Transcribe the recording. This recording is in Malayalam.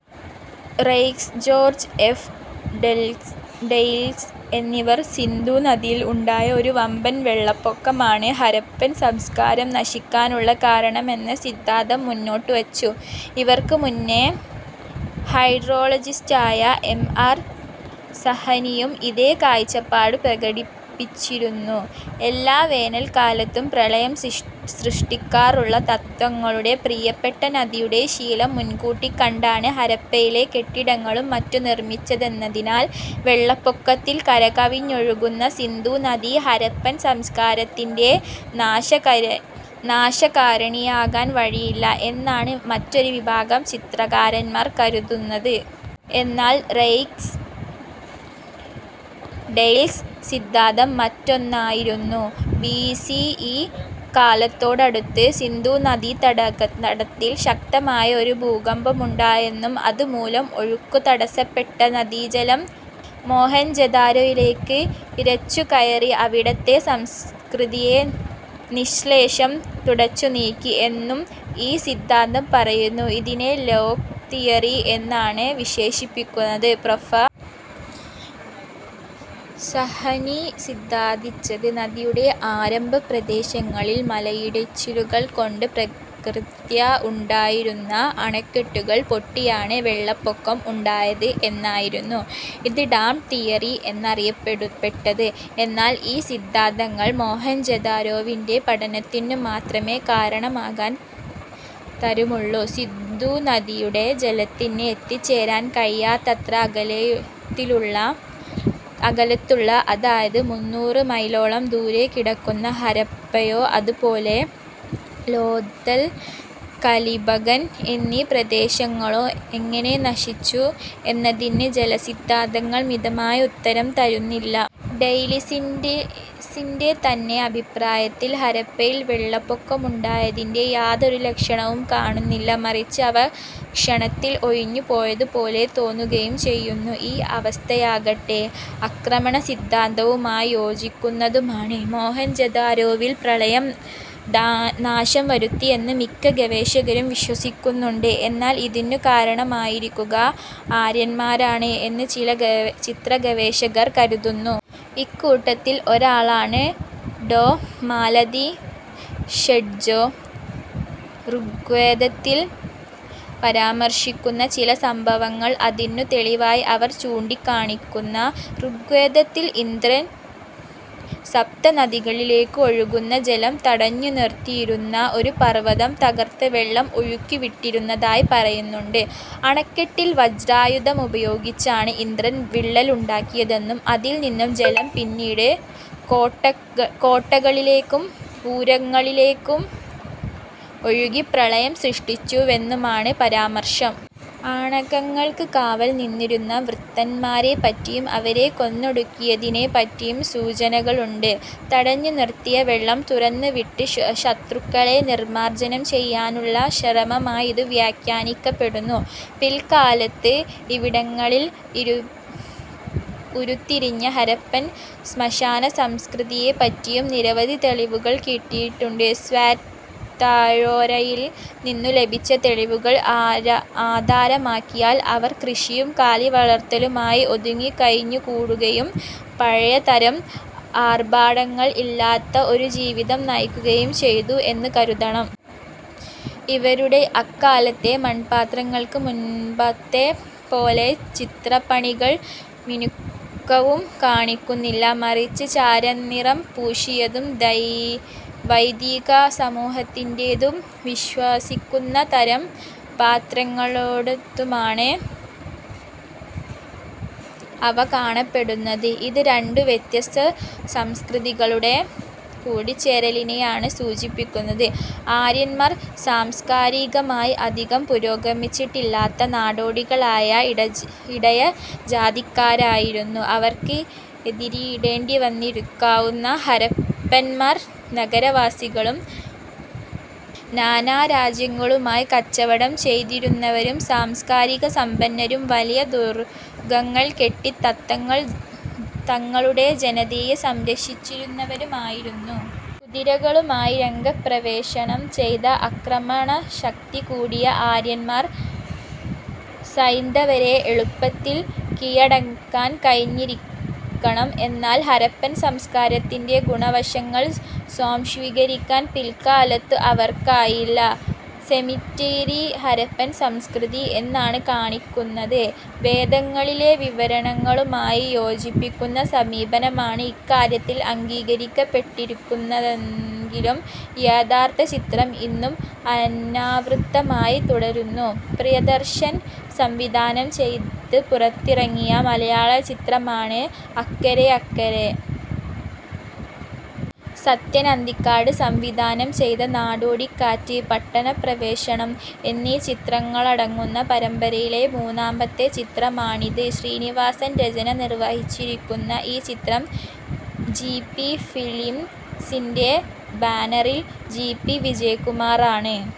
Raikes, George F. ഡെയ്ല്സ് എന്നിവർ സിന്ധു നദിയിൽ ഉണ്ടായ ഒരു വമ്പൻ വെള്ളപ്പൊക്കമാണ് ഹാരപ്പൻ സംസ്കാരം നശിക്കാനുള്ള കാരണമെന്ന സിദ്ധാന്തം മുന്നോട്ടുവച്ചു. ഇവർക്കും മുന്നേ ഹൈഡ്രോളജിസ്റ്റായ എം. ആർ. സാഹ്നിയും ഇതേ കാഴ്ചപ്പാട് പ്രകടിപ്പിച്ചിരുന്നു. എല്ലാ വേനൽക്കാലത്തും പ്രളയം സൃഷ്ടിക്കാറുള്ള തങ്ങളുടെ പ്രിയപ്പെട്ട നദിയുടെ ശീലം മുൻകൂട്ടിക്കണ്ടാണ് ഹരപ്പയിലെ കെട്ടിടങ്ങളും മറ്റും നിർമ്മിച്ചിരുന്നതെന്നതിനാൽ വെള്ളപ്പൊക്കത്തിൽ കരകവിഞ്ഞൊഴുകുന്ന സിന്ധു നദി ഹാരപ്പൻ സംസ്കാരത്തിൻ്റെ നാശകാരിണിയാകാൻ വഴിയില്ല എന്നാണ് മറ്റൊരു വിഭാഗം ചരിത്രകാരന്മാർ കരുതുന്നത്. എന്നാൽ റെയ്ക്സ് ഡെയ്ല്സ് സിദ്ധാന്തം മറ്റൊന്നായിരുന്നു. ബി. സി. ഇ കാലത്തോടടുത്ത് സിന്ധുനദീതടത്തിൽ ശക്തമായ ഒരു ഭൂകമ്പമുണ്ടായെന്നും അതുമൂലം ഒഴുക്കു തടസ്സപ്പെട്ട നദീജലം മൊഹെൻജൊദാരോയിലേക്ക് ഇരച്ചുകയറി അവിടത്തെ സംസ്കൃതിയെ നിശ്ശേഷം തുടച്ചുനീക്കി എന്നും ഈ സിദ്ധാന്തം പറയുന്നു. ഇതിനെ ലേക്ക് തിയറി എന്നാണ് വിശേഷിപ്പിക്കുന്നത്. പ്രൊഫ. സാഹ്നി സിദ്ധാന്തിച്ചത് നദിയുടെ ആരംഭപ്രദേശങ്ങളിൽ മലയിടിച്ചിലുകൾ കൊണ്ട് പ്രകൃത്യാ ഉണ്ടായിരുന്ന അണക്കെട്ടുകൾ പൊട്ടിയാണ് വെള്ളപ്പൊക്കം ഉണ്ടായത് എന്നായിരുന്നു. ഇത് ഡാം തിയറി എന്നാണറിയപ്പെട്ടത്. എന്നാൽ ഈ സിദ്ധാന്തങ്ങൾ മൊഹെൻജൊദാരോവിൻ്റെ പതനത്തിനു മാത്രമേ കാരണമാകാൻ തരമുള്ളൂ. സിന്ധു നദിയുടെ ജലത്തിന് എത്തിച്ചേരാൻ കഴിയാത്തത്ര അകലത്തുള്ള, അതായത് മുന്നൂറു മൈലോളം ദൂരെ കിടക്കുന്ന ഹാരപ്പയോ അതുപോലെ ലോഥൽ, കാലിബഗൻ എന്നീ പ്രദേശങ്ങളോ എങ്ങനെ നശിച്ചു എന്നതിന് ജലസിദ്ധാന്തങ്ങൾ മതിയായ ഉത്തരം തരുന്നില്ല. ഡെയ്ല്സിൻ്റെ തന്നെ അഭിപ്രായത്തിൽ ഹാരപ്പയിൽ വെള്ളപ്പൊക്കമുണ്ടായതിൻ്റെ യാതൊരു ലക്ഷണവും കാണുന്നില്ല. മറിച്ച് അവ ക്ഷണത്തിൽ ഒഴിഞ്ഞുപോയതുപോലെ തോന്നുകയും ചെയ്യുന്നു. ഈ അവസ്ഥയാകട്ടെ ആക്രമണസിദ്ധാന്തവുമായി യോജിക്കുന്നതുമാണ്. മൊഹെൻജൊദാരോവിൽ പ്രളയം നാശം വരുത്തിയെന്ന് മിക്ക ഗവേഷകരും വിശ്വസിക്കുന്നുണ്ട്. എന്നാൽ ഇതിന് കാരണമായിരിക്കുക ആര്യന്മാരാണ് എന്ന് ചില ചരിത്രഗവേഷകർ കരുതുന്നു. ഇക്കൂട്ടത്തിൽ ഒരാളാണ് ഡോ. മാലതി ഷെണ്ഡ്ജേ. ഋഗ്വേദത്തിൽ പരാമർശിക്കുന്ന ചില സംഭവങ്ങൾ അതിനു തെളിവായി അവർ ചൂണ്ടിക്കാണിക്കുന്നു. ഋഗ്വേദത്തിൽ ഇന്ദ്രൻ സപ്തനദികളിലേക്കും ഒഴുകുന്ന ജലം തടഞ്ഞുനിർത്തിയിരുന്ന ഒരു പർവ്വതം തകർത്ത് വെള്ളം ഒഴുക്കിവിട്ടിരുന്നതായി പറയുന്നുണ്ട്. അണക്കെട്ടിൽ വജ്രായുധമുപയോഗിച്ചാണ് ഇന്ദ്രൻ വിള്ളലുണ്ടാക്കിയെന്നും അതിൽനിന്നുള്ള ജലം പിന്നീട് കോട്ടകളിലേക്കും പുരങ്ങളിലേക്കും ഒഴുക്കി പ്രളയം സൃഷ്ടിച്ചുവെന്നുമാണ് പരാമർശം. അണകൾക്ക് കാവൽ നിന്നിരുന്ന വൃതന്മാരെപ്പറ്റിയും അവരെ കൊന്നൊടുക്കിയതിനെപ്പറ്റിയും സൂചനകളുണ്ട്. തടഞ്ഞുനിർത്തിയ വെള്ളം തുറന്നുവിട്ട് ശത്രുക്കളെ നിർമ്മാർജ്ജനം ചെയ്യാനുള്ള ശ്രമമായി ഇതു വ്യാഖ്യാനിക്കപ്പെടുന്നു. പിൽക്കാലത്ത് ഇവിടങ്ങളിൽ ഉരുത്തിരിഞ്ഞ ഹരപ്പൻ ശ്മശാനസംസ്കൃതിയെപ്പറ്റിയും നിരവധി തെളിവുകൾ കിട്ടിയിട്ടുണ്ട്. സ്വാറ്റ് താഴ്വരയിൽ നിന്നും ലഭിച്ച തെളിവുകൾ ആധാരമാക്കിയാൽ അവർ കൃഷിയും കാലിവളർത്തലുമായി ഒതുങ്ങിക്കഴിഞ്ഞുകൂടുകയും പഴയ തരം ആർഭാടങ്ങൾ ഇല്ലാത്ത ഒരു ജീവിതം നയിക്കുകയും ചെയ്തു എന്നും കരുതണം. ഇവരുടെ കാലത്തെ മൺപാത്രങ്ങൾക്ക് മുൻപത്തെ പോലെ ചിത്രപ്പണികളും മിനുക്കവും കാണുന്നില്ല. മറിച്ച് ചാരനിറം പൂശിയതും വൈദികസമൂഹത്തിന്റേതെന്നു വിശ്വസിക്കുന്ന തരം പാത്രങ്ങളോടൊത്തുമാണ് അവ കാണപ്പെടുന്നത്. ഇത് രണ്ടു വ്യത്യസ്ത സംസ്കൃതികളുടെ കൂടിച്ചേരലിനെയാണ് സൂചിപ്പിക്കുന്നത്. ആര്യന്മാർ സാംസ്കാരികമായി അധികം പുരോഗമിച്ചിട്ടില്ലാത്ത നാടോടികളായ ഇടയജാതിക്കാരായിരുന്നു. അവർക്ക് എതിരിടേണ്ടിവന്നിരിക്കാവുന്ന ഹാരപ്പന്മാർ നഗരവാസികളും നാനാരാജ്യങ്ങളുമായി കച്ചവടം ചെയ്തിരുന്നവരും സംസ്കാരസമ്പന്നരും വലിയ ദുർഗ്ഗങ്ങൾ കെട്ടി തങ്ങളുടെ ജനതയെ സംരക്ഷിച്ചിരുന്നവരുമായിരുന്നു. കുതിരകളുമായി രംഗപ്രവേശം ചെയ്ത ആക്രമണശക്തി കൂടിയ ആര്യന്മാർക്ക് സൈന്ധവരെ എളുപ്പത്തിൽ കീഴടക്കാൻ കഴിഞ്ഞിരിക്കണം. എന്നാൽ ഹാരപ്പൻ സംസ്കാരത്തിൻ്റെ ഗുണവശങ്ങൾ സ്വാംശീകരിക്കാൻ പിൽക്കാലത്തും അവർക്കായില്ല. സെമറ്ററി ഹാരപ്പൻ സംസ്കൃതി അതാണ് കാണിക്കുന്നത്. വേദങ്ങളിലെ വിവരണങ്ങളുമായി യോജിക്കുന്ന സമീപനമാണ് ഇക്കാര്യത്തിൽ അംഗീകരിക്കപ്പെട്ടിരിക്കുന്നതെങ്കിലും യഥാർത്ഥചിത്രം ഇന്നും അനാവൃതമായി തുടരുന്നു. പ്രിയദർശൻ സംവിധാനം ചെയ്ത് പുറത്തിറങ്ങിയ മലയാളചലച്ചിത്രമാണ് അക്കരെയക്കരെയക്കരെ. സത്യൻ അന്തിക്കാട് സംവിധാനം ചെയ്ത നാടോടിക്കാറ്റ്, പട്ടണപ്രവേശം എന്നീ ചിത്രങ്ങളടങ്ങുന്ന പരമ്പരയിലെ മൂന്നാമത്തെ ചിത്രമാണിത്. ശ്രീനിവാസൻ രചന നിർവ്വഹിച്ചിരിക്കുന്ന ഈ ചിത്രം ജി. പി. ഫിലിംസിൻ്റെ ബാനറിൽ ജി. പി. വിജയകുമാറാണ്